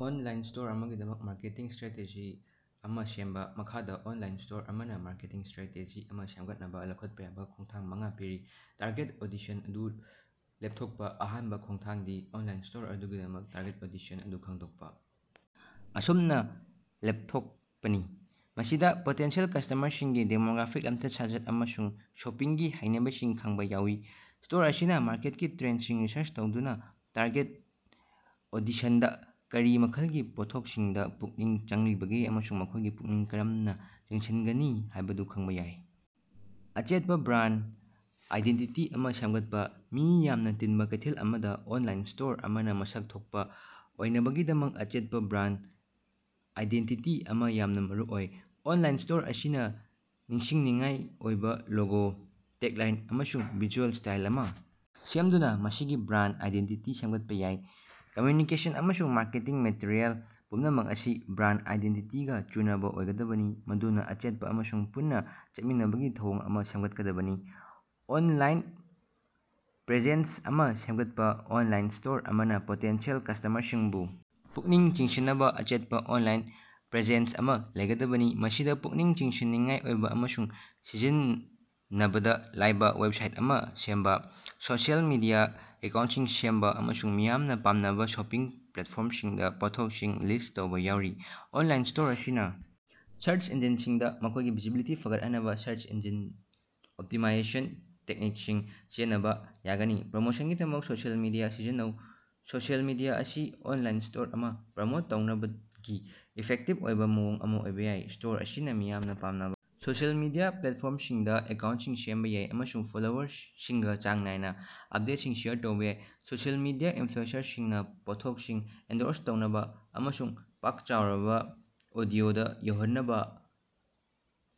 Online store ꯑꯃꯒꯤꯗꯃꯛ marketing strategy ꯑꯃ ꯁꯦꯝꯕꯥ꯫ ꯃꯈꯥꯗ ꯑꯣꯟꯂꯥꯏꯟ ꯁ꯭ꯇꯣꯔ ꯑꯃꯅꯥ ꯃꯥꯔꯀꯦꯇꯤꯡ ꯁꯇ꯭ꯔꯦꯇꯦꯖꯤ ꯑꯃ ꯁꯦꯝꯒꯠꯅꯕꯥ ꯂꯧꯈꯠꯄꯥ ꯌꯥꯕ ꯈꯣꯡꯊꯥꯡ ꯃꯉꯥ ꯄꯤꯔꯤ: ꯇꯥꯔꯒꯦꯠ ꯑꯣꯗꯤꯁꯟ ꯑꯗꯨ ꯂꯦꯞꯊꯣꯛꯄꯥ: ꯑꯍꯥꯟꯕꯥ ꯈꯣꯡꯊꯥꯡꯗꯤ ꯑꯣꯟꯂꯥꯏꯟ ꯁ꯭ꯇꯣꯔ ꯑꯗꯨꯒꯤꯗꯃꯛ ꯇꯥꯔꯒꯦꯠ ꯑꯣꯗꯤꯁꯟ ꯑꯗꯨ ꯈꯪꯗꯣꯛꯄꯥ ꯑꯁꯨꯝꯅ ꯂꯦꯞꯊꯣꯛꯄꯅꯤ꯫ ꯃꯁꯤꯗꯥ ꯄꯣꯇꯦꯟꯁꯤꯌꯦꯜ ꯀ꯭ꯁꯇꯃꯔꯁꯤꯡꯒꯤ ꯗꯦꯃꯣꯒ꯭ꯔꯥꯐꯤꯛ, ꯂꯝꯆꯠ-ꯁꯥꯖꯠ ꯑꯃꯁꯨꯡ ꯁꯣꯄꯤꯡꯒꯤ ꯍꯩꯅꯕꯤꯁꯤꯡ ꯈꯪꯕꯥ ꯌꯥꯎꯏ꯫ ꯁ꯭ꯇꯣꯔ ꯑꯁꯤꯅ ꯃꯥꯔꯀꯦꯠꯀꯤ ꯇ꯭ꯔꯦꯟꯁꯤꯡ ꯔꯤꯁꯔꯁ ꯇꯧꯗꯨꯅꯥ ꯇꯥꯔꯒꯦꯠ ꯑꯣꯗꯤꯁꯟꯗꯥ ꯀꯔꯤ ꯃꯈꯜꯒꯤ ꯄꯣꯠꯊꯣꯛꯁꯤꯡꯗꯥ ꯄꯨꯛꯅꯤꯡ ꯆꯪꯂꯤꯕꯒꯦ ꯑꯃꯁꯨꯡ ꯃꯈꯣꯏꯒꯤ ꯄꯨꯛꯅꯤꯡ ꯀꯔꯝꯅꯥ ꯆꯤꯡꯁꯤꯟꯒꯅꯤ ꯍꯥꯏꯕꯗꯨ ꯈꯪꯕꯥ ꯌꯥꯏ꯫ ꯑꯆꯦꯠꯄꯥ ꯕ꯭ꯔꯥꯟ ꯑꯥꯏꯗꯦꯟꯇꯤꯇꯤ ꯑꯃ ꯁꯦꯝꯒꯠꯄꯥ: ꯃꯤ ꯌꯥꯝꯅ ꯇꯤꯟꯕꯥ ꯀꯩꯊꯦꯜ ꯑꯃꯗꯥ ꯑꯣꯟꯂꯥꯏꯟ ꯁ꯭ꯇꯣꯔ ꯑꯃꯅꯥ ꯃꯁꯛ ꯊꯣꯛꯄꯥ ꯑꯣꯏꯅꯕꯒꯤꯗꯃꯛ ꯑꯆꯦꯠꯄꯥ ꯕ꯭ꯔꯥꯟ ꯑꯥꯏꯗꯦꯟꯇꯤꯇꯤ ꯑꯃ ꯌꯥꯝꯅ ꯃꯔꯨꯑꯣꯏ꯫ ꯑꯣꯟꯂꯥꯏꯟ ꯁ꯭ꯇꯣꯔ ꯑꯁꯤꯅ ꯅꯤꯡꯁꯤꯡꯅꯤꯡꯉꯥꯏ ꯑꯣꯏꯕ ꯂꯣꯒꯣ, ꯇꯦꯒꯂꯥꯏꯟ, ꯑꯃꯁꯨꯡ ꯚꯤꯖꯨꯑꯦꯜ ꯁ꯭ꯇꯥꯏꯜ ꯑꯃ ꯁꯦꯝꯗꯨꯅꯥ ꯃꯁꯤꯒꯤ ꯕ꯭ꯔꯥꯟ ꯑꯥꯏꯗꯦꯟꯇꯤꯇꯤ ꯁꯦꯝꯒꯠꯄꯥ ꯌꯥꯏ꯫ ꯀꯝꯃ꯭ꯌꯨꯅꯤꯀꯦꯁꯟ ꯑꯃꯁꯨꯡ ꯃꯥꯔꯀꯦꯇꯤꯡ ꯃꯦꯇꯔꯤꯑꯦꯜ ꯄꯨꯝꯅꯃꯛ ꯑꯁꯤ ꯕ꯭ꯔꯥꯟ ꯑꯥꯏꯗꯦꯟꯇꯤꯇꯤꯒꯥ ꯆꯨꯅꯕꯥ ꯑꯣꯏꯒꯗꯕꯅꯤ ꯃꯗꯨꯅꯥ ꯑꯆꯦꯠꯄꯥ ꯑꯃꯁꯨꯡ ꯄꯨꯟꯅꯥ ꯆꯠꯃꯤꯟꯅꯕꯒꯤ ꯊꯧꯑꯣꯡ ꯑꯃ ꯁꯦꯝꯒꯠꯀꯗꯕꯅꯤ꯫ ꯑꯣꯟꯂꯥꯏꯟ ꯄ꯭ꯔꯦꯖꯦꯟꯁ ꯑꯃ ꯁꯦꯝꯒꯠꯄꯥ: ꯑꯣꯟꯂꯥꯏꯟ ꯁ꯭ꯇꯣꯔ ꯑꯃꯅꯥ ꯄꯣꯇꯦꯟꯁꯤꯌꯦꯜ ꯀꯁ꯭ꯇꯃꯔꯁꯤꯡꯕꯨ ꯄꯨꯛꯅꯤꯡ ꯆꯤꯡꯁꯤꯟꯅꯕꯥ ꯑꯆꯦꯠꯄꯥ ꯑꯣꯟꯂꯥꯏꯟ ꯄ꯭ꯔꯦꯖꯦꯟꯁ ꯑꯃ ꯂꯩꯒꯗꯕꯅꯤ꯫ ꯃꯁꯤꯗꯥ ꯄꯨꯛꯅꯤꯡ ꯆꯤꯡꯁꯤꯟꯅꯤꯡꯉꯥꯏ ꯑꯣꯏꯕ ꯑꯃꯁꯨꯡ ꯁꯤꯖꯤꯟꯅꯕꯗꯥ ꯂꯥꯏꯕ ꯋꯦꯕꯁꯥꯏꯠ ꯑꯃ ꯁꯦꯝꯕꯥ, ꯁꯣꯁꯤꯑꯦꯜ ꯃꯤꯗꯤꯌꯥ ꯑꯦꯀꯥꯎꯟꯁꯤꯡ ꯁꯦꯝꯕꯥ, ꯑꯃꯁꯨꯡ ꯃꯤꯌꯥꯝꯅ ꯄꯥꯝꯅꯕ ꯁꯣꯄꯤꯡ ꯄ꯭ꯂꯦꯠꯐꯣꯔꯝꯁꯤꯡꯗꯥ ꯄꯣꯠꯊꯣꯛꯁꯤꯡ ꯂꯤꯁ ꯇꯧꯕ ꯌꯥꯎꯔꯤ꯫ ꯑꯣꯟꯂꯥꯏꯟ ꯁ꯭ꯇꯣꯔ ꯑꯁꯤꯅ ꯁꯔꯁ ꯏꯟꯖꯤꯟꯁꯤꯡꯗꯥ ꯃꯈꯣꯏꯒꯤ ꯚꯤꯖꯤꯕꯤꯂꯤꯇꯤ ꯐꯒꯠꯍꯟꯅꯕꯥ ꯁꯔꯁ ꯏꯟꯖꯤꯟ ꯑꯣꯞꯇꯤꯃꯥꯏꯖꯦꯁꯟ ꯇꯦꯛꯅꯤꯛꯁꯤꯡ ꯁꯤꯖꯤꯟꯅꯕꯥ ꯌꯥꯒꯅꯤ꯫ ꯄ꯭ꯔꯃꯣꯁꯟꯒꯤꯗꯃꯛ ꯁꯣꯁꯤꯑꯦꯜ ꯃꯤꯗꯤꯌꯥ ꯁꯤꯖꯤꯟꯅꯧ: ꯁꯣꯁꯤꯑꯦꯜ ꯃꯤꯗꯤꯌꯥ ꯑꯁꯤ ꯑꯣꯟꯂꯥꯏꯟ ꯁ꯭ꯇꯣꯔ ꯑꯃ ꯄ꯭ꯔꯃꯣꯠ ꯇꯧꯅꯕꯒꯤ ꯏꯐꯦꯛꯇꯤꯕ ꯑꯣꯏꯕ ꯃꯑꯣꯡ ꯑꯃ ꯑꯣꯏꯕ ꯌꯥꯏ꯫ ꯁ꯭ꯇꯣꯔ ꯑꯁꯤꯅ ꯃꯤꯌꯥꯝꯅ ꯄꯥꯝꯅꯕ ꯁꯣꯁꯤꯑꯦꯜ ꯃꯤꯗꯤꯌꯥ ꯄ꯭ꯂꯦꯠꯐꯣꯔꯝꯁꯤꯡꯗꯥ ꯑꯦꯀꯥꯎꯟꯁꯤꯡ ꯁꯦꯝꯕꯥ ꯌꯥꯏ ꯑꯃꯁꯨꯡ ꯐꯣꯂꯣꯋꯔꯁꯤꯡꯒꯥ ꯆꯥꯡ ꯅꯥꯏꯅ ꯑꯞꯗꯦꯠꯁꯤꯡ ꯁꯦꯌꯔ ꯇꯧꯕ ꯌꯥꯏ꯫ ꯁꯣꯁꯤꯑꯦꯜ ꯃꯤꯗꯤꯌꯥ ꯏꯟꯐ꯭ꯂꯨꯑꯦꯟꯖꯔꯁꯤꯡꯅꯥ ꯄꯣꯠꯊꯣꯛꯁꯤꯡ ꯑꯦꯟꯗꯣꯔꯁ ꯇꯧꯅꯕꯥ ꯑꯃꯁꯨꯡ ꯄꯥꯛ ꯆꯥꯎꯔꯕ ꯑꯣꯗꯤꯑꯣꯗꯥ ꯌꯧꯍꯟꯅꯕꯥ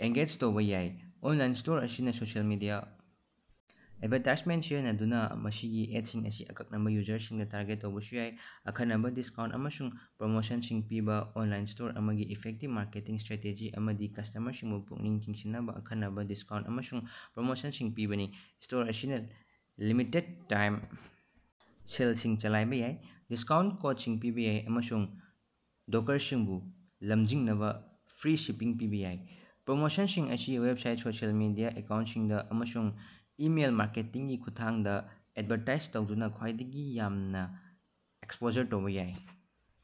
ꯑꯦꯡꯒꯦꯖ ꯇꯧꯕ ꯌꯥꯏ꯫ ꯑꯣꯟꯂꯥꯏꯟ ꯁ꯭ꯇꯣꯔ ꯑꯁꯤꯅ ꯁꯣꯁꯤꯑꯦꯜ ꯃꯤꯗꯤꯌꯥ ꯑꯦꯗꯚꯥꯔꯇꯥꯏꯖꯃꯦꯟ ꯁꯤꯖꯤꯟꯅꯗꯨꯅꯥ ꯃꯁꯤꯒꯤ ꯑꯦꯠꯁꯤꯡ ꯑꯁꯤ ꯑꯀꯛꯅꯕꯥ ꯌꯨꯖꯔꯁꯤꯡꯗꯥ ꯇꯥꯔꯒꯦꯠ ꯇꯧꯕꯁꯨ ꯌꯥꯏ꯫ ꯑꯈꯟꯅꯕꯥ ꯗꯤꯁꯀꯥꯎꯟ ꯑꯃꯁꯨꯡ ꯄ꯭ꯔꯣꯃꯣꯁꯟꯁꯤꯡ ꯄꯤꯕꯥ: ꯑꯣꯟꯂꯥꯏꯟ ꯁ꯭ꯇꯣꯔ ꯑꯃꯒꯤ ꯏꯐꯦꯛꯇꯤꯕ ꯃꯥꯔꯀꯦꯇꯤꯡ ꯁꯇ꯭ꯔꯦꯇꯦꯖꯤ ꯑꯃꯗꯤ ꯀꯁ꯭ꯇꯃꯔꯁꯤꯡꯕꯨ ꯄꯨꯛꯅꯤꯡ ꯆꯤꯡꯁꯤꯟꯅꯕꯥ ꯑꯈꯟꯅꯕꯥ ꯗꯤꯁꯀꯥꯎꯟ ꯑꯃꯁꯨꯡ ꯄ꯭ꯔꯣꯃꯣꯁꯟꯁꯤꯡ ꯄꯤꯕꯅꯤ꯫ ꯁ꯭ꯇꯣꯔ ꯑꯁꯤꯅ ꯂꯤꯃꯤꯇꯦꯗꯠ-ꯇꯥꯏꯝ ꯁꯦꯜꯁꯤꯡ ꯆꯂꯥꯏꯕꯥ ꯌꯥꯏ, ꯗꯤꯁꯀꯥꯎꯟ ꯀꯣꯠꯁꯤꯡ ꯄꯤꯕꯥ ꯌꯥꯏ ꯑꯃꯁꯨꯡ ꯗꯣꯀꯔꯁꯤꯡꯕꯨ ꯂꯝꯖꯤꯡꯅꯕꯥ ꯐ꯭ꯔꯤ ꯁꯤꯄꯤꯡ ꯄꯤꯕꯥ ꯌꯥꯏ꯫ ꯄ꯭ꯔꯣꯃꯣꯁꯟꯁꯤꯡ ꯑꯁꯤ ꯋꯦꯕꯁꯥꯏꯠ, ꯁꯣꯁꯤꯑꯦꯜ ꯃꯤꯗꯤꯌꯥ ꯑꯦꯀꯥꯎꯟꯁꯤꯡꯗꯥ, ꯑꯃꯁꯨꯡ ꯏꯃꯦꯜ ꯃꯥꯔꯀꯦꯇꯤꯡꯒꯤ ꯈꯨꯠꯊꯥꯡꯗꯥ ꯑꯦꯗꯚꯥꯔꯇꯥꯏꯖ ꯇꯧꯗꯨꯅꯥ ꯈ꯭ꯋꯥꯏꯗꯒꯤ ꯌꯥꯝꯅ ꯑꯦꯛꯁꯄꯣꯖꯔ ꯇꯧꯕ ꯌꯥꯏ꯫